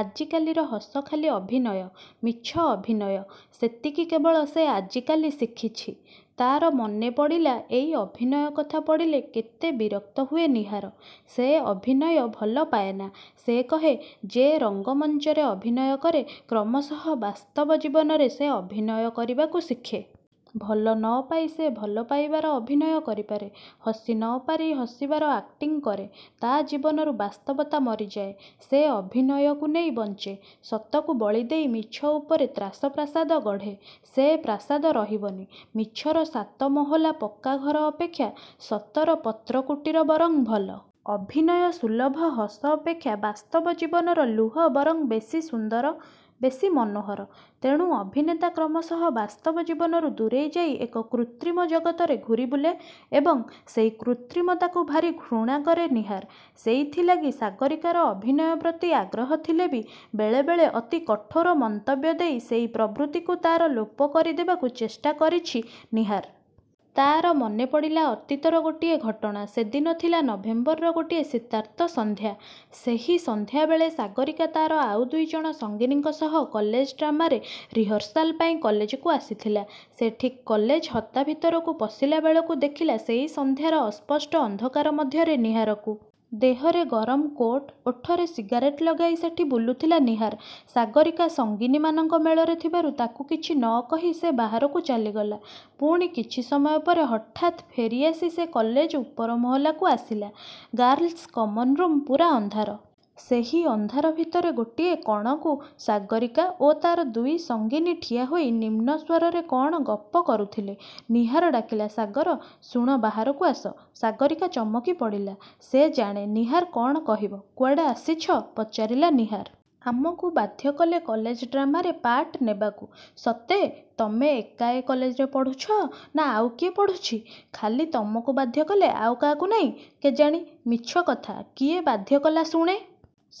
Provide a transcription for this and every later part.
ଆଜିକାଲିର ହସ ଖାଲି ଅଭିନୟ, ମିଛ ଅଭିନୟ। ସେତିକି କେବଳ ସେ ଆଜିକାଲି ଶିଖିଛି। ତା'ର ମନେପଡ଼ିଲା ଏଇ ଅଭିନୟ କଥା ପଡ଼ିଲେ କେତେ ବିରକ୍ତ ହୁଏ ନୀହାର। ସେ ଅଭିନୟ ଭଲ ପାଏନା। ସେ କହେ–''ଯେ ରଙ୍ଗମଞ୍ଚରେ ଅଭିନୟ କରେ; କ୍ରମଶଃ ବାସ୍ତବ ଜୀବନରେ ସେ ଅଭିନୟ କରିବାକୁ ଶିଖେ। ଭଲ ନ ପାଇ ସେ ଭଲପାଇବାର ଅଭିନୟ କରିପାରେ। ହସି ନପାରି ହସିବାର ଆକ୍ଟିଙ୍ଗ କରେ। ତା' ଜୀବନରୁ ବାସ୍ତବତା ମରିଯାଏ। ସେ ଅଭିନୟକୁ ନେଇ ବଞ୍ଚେ। ସତକୁ ବଳିଦେଇ ମିଛ ଉପରେ ତାସ୍ର ପ୍ରାସାଦ ଗଢ଼େ। ସେ ପ୍ରାସାଦ ରହିବନି। ମିଛର ସାତ ମହଲା ପକ୍କା ଘର ଅପେକ୍ଷା ସତର ପତ୍ର-କୁଟୀର ବରଂ ଭଲ। ଅଭିନୟ-ସୁଲଭ ହସ ଅପେକ୍ଷା ବାସ୍ତବ ଜୀବନର ଲୁହ ବରଂ ବେଶୀ ସୁନ୍ଦର, ବେଶୀ ମନୋହର। '' ତେଣୁ ଅଭିନେତା କ୍ରମଶଃ ବାସ୍ତବ ଜୀବନରୁ ଦୂରେଇ ଯାଇ ଏକ କୃତ୍ରିମ ଜଗତରେ ଘୂରି ବୁଲେ ଏବଂ ସେଇ କୃତ୍ରିମତାକୁ ଭାରୀ ଘୃଣା କରେ ନୀହାର। ସେଇଥି ଲାଗି ସାଗରୀକାର ଅଭିନୟ ପ୍ରତି ଆଗ୍ରହ ଥିଲେ ବି ବେଳେ ବେଳେ ଅତି କଠୋର ମନ୍ତବ୍ୟ ଦେଇ ସେଇ ପ୍ରବୃତ୍ତିକୁ ତା'ର ଲୋପ କରିଦେବାକୁ ଚେଷ୍ଟା କରିଛି ନୀହାର। ତା'ର ମନେପଡ଼ିଲା ଅତୀତର ଗୋଟିଏ ଘଟଣା। ସେଦିନ ଥିଲା ନଭେମ୍ବରର ଗୋଟିଏ ଶୀତାର୍ତ୍ତ ସନ୍ଧ୍ୟା। ସେହି ସନ୍ଧ୍ୟା ବେଳେ ସାଗରୀକା ତା'ର ଆଉ ଦୁଇଜଣ ସଙ୍ଗିନୀଙ୍କ ସହ କଲେଜ-ଡ୍ରାମାରେ ରିହର୍ସାଲ ପାଇଁ କଲେଜକୁ ଆସିଥିଲା। ସେ ଠିକ୍ କଲେଜ ହତା ଭିତରକୁ ପଶିଲା ବେଳକୁ ଦେଖିଲା ସେଇ ସନ୍ଧ୍ୟାର ଅସ୍ପଷ୍ଟ ଅନ୍ଧକାର ମଧ୍ୟରେ ନୀହାରକୁ। ଦେହରେ ଗରମ କୋଟ୍–ଓଠରେ ସିଗାରେଟ୍ ଲଗାଇ ସେଠି ବୁଲୁଥିଲା ନୀହାର। ସାଗରୀକା ସଙ୍ଗିନୀମାନଙ୍କ ମେଳରେ ଥିବାରୁ ତାକୁ କିଛି ନ କହି ସେ ବାହାରକୁ ଚାଲିଗଲା। ପୁଣି କିଛି ସମୟ ପରେ ହଠାତ୍ ଫେରିଆସି ସେ କଲେଜ ଉପର ମହଲାକୁ ଆସିଲା। ଗାର୍ଲସ୍ କମନରୁମ୍ ପୂରା ଅନ୍ଧାର। ସେହି ଅନ୍ଧାର ଭିତରେ ଗୋଟିଏ କଣକୁ ସାଗରୀକା ଓ ତା'ର ଦୁଇ ସଙ୍ଗିନୀ ଠିଆହୋଇ ନିମ୍ନ ସ୍ୱରରେ କ'ଣ ଗପ କରୁଥିଲେ। ନୀହାର ଡାକିଲା–''ସାଗର–ଶୁଣ ବାହାରକୁ ଆସ। '' ସାଗରୀକା ଚମକି ପଡ଼ିଲା। ସେ ଜାଣେ ନୀହାର କ'ଣ କହିବ। ''କୁଆଡ଼େ ଆସିଛ? '' ପଚାରିଲା ନୀହାର। ''ଆମକୁ ବାଧ୍ୟ କଲେ କଲେଜ ଡ୍ରାମାରେ ପାର୍ଟ ନେବାକୁ... '' ''ସତେ; ତମେ ଏକା ଏ କଲେଜରେ ପଢ଼ୁଛ ନା ଆଉ କିଏ ପଢ଼ୁଛି। ଖାଲି ତୁମକୁ ବାଧ୍ୟ କଲେ ଆଉ କାହାକୁ ନାଇଁ... '' ''କେଜାଣି। '' ''ମିଛ କଥା–କିଏ ବାଧ୍ୟ କଲା ଶୁଣେ। ''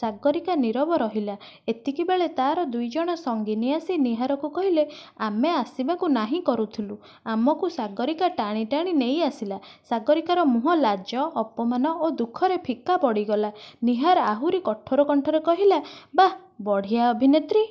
ସାଗରୀକା ନୀରବ ରହିଲା। ଏତିକି ବେଳେ ତା'ର ଦୁଇ ଜଣ ସଙ୍ଗିନୀ ଆସି ନୀହାରକୁ କହିଲେ–''ଆମେ ଆସିବାକୁ ନାହିଁ କରୁଥିଲୁ; ଆମକୁ ସାଗରୀକା ଟାଣି ଟାଣି ନେଇ ଆସିଲା। '' ସାଗରୀକାର ମୁହଁ ଲାଜ, ଅପମାନ ଓ ଦୁଃଖରେ ଫିକା ପଡ଼ିଗଲା। ନୀହାର ଆହୁରି କଠୋର କଣ୍ଠରେ କହିଲା–''ବାଃ–ବଢ଼ିଆ ଅଭିନେତ୍ରୀ।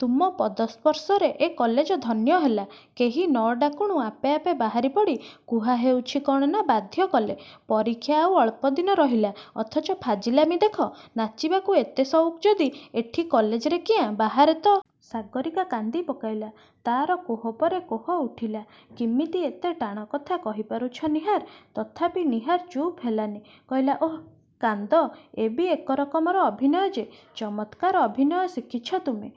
ତୁମ ପଦ ସ୍ପର୍ଶରେ ଏ କଲେଜ ଧନ୍ୟ ହେଲା। କେହି ନ ଡାକୁଣୁ ଆପେ ଆପେ ବାହାରିପଡ଼ି; କୁହା ହେଉଛି କ'ଣ ନା ବାଧ୍ୟ କଲେ। ପରୀକ୍ଷା ଆଉ ଅଳ୍ପ ଦିନ ରହିଲା; ଅଥଚ ଫାଜିଲାମି ଦେଖ। ନାଚିବାକୁ ଏତେ ସଉକ୍ ଯଦି ଏଠି କଲେଜରେ କିଆଁ–ବାହାରେ ତ...। '' ସାଗରୀକା କାନ୍ଦି ପକାଇଲା। ତା'ର କୋହ ପରେ କୋହ ଉଠିଲା। କିମିତି ଏତେ ଟାଣ ଟାଣ କଥା କହିପାରୁଛି ନୀହାର। ତଥାପି ନୀହାର ଚୁପ୍ ହେଲାନି। କହିଲା–''ଓଃ କାନ୍ଦ–ଏବି ଏକରକମ ଅଭିନୟ ଯେ। ଚମତ୍କାର ଅଭିନୟ ଶିଖିଛ ତୁମେ।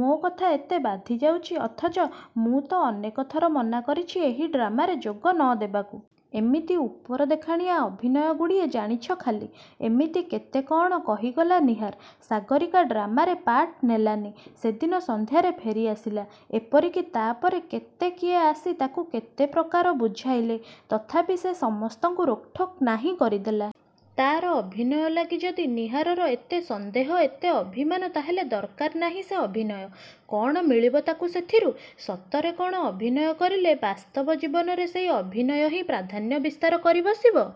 ମୋ କଥା ଏତେ ବାଧିଯାଉଛି ଅଥଚ ମୁଁ ତ ଅନେକଥର ମନାକରିଛି ଏହି ଡ୍ରାମାରେ ଯୋଗ ନ ଦେବାକୁ-। ଏମିତି ଉପର ଦେଖାଣିଆ ଅଭିନୟଗୁଡ଼ିଏ ଜାଣିଛ। ଖାଲି। '' ଏମିତି କେତେ କ'ଣ କହିଗଲା ନୀହାର। ସାଗରୀକା ଡ୍ରାମାରେ ପାର୍ଟ ନେଲାନି। ସେଦିନ ସନ୍ଧ୍ୟାରେ ଫେରି ଆସିଲା। ଏପରିକି ତା'ପରେ କେତେ କିଏ ଆସି ତାକୁ କେତେପ୍ରକାର ବୁଝାଇଲେ। ତଥାପି ସେ ସମସ୍ତଙ୍କୁ ରୋକ୍ଠୋକ୍ ନାହିଁ କରିଦେଲା। ତା'ର ଅଭିନୟ ଲାଗି ଯଦି ନୀହାରର ଏତେ ସନ୍ଦେହ ଏତେ ଅଭିମାନ ତା'ହେଲେ ଦରକାର ନାହିଁ ସେ ଅଭିନୟ। କ'ଣ ମିଳିବ ତାକୁ ସେଥିରୁ। ସତରେ କ'ଣ ଅଭିନୟ କରିଲେ; ବାସ୍ତବ ଜୀବନରେ ସେଇ ଅଭିନୟହିଁ ପ୍ରାଧାନ୍ୟ ବିସ୍ତାର କରି ବସିବ।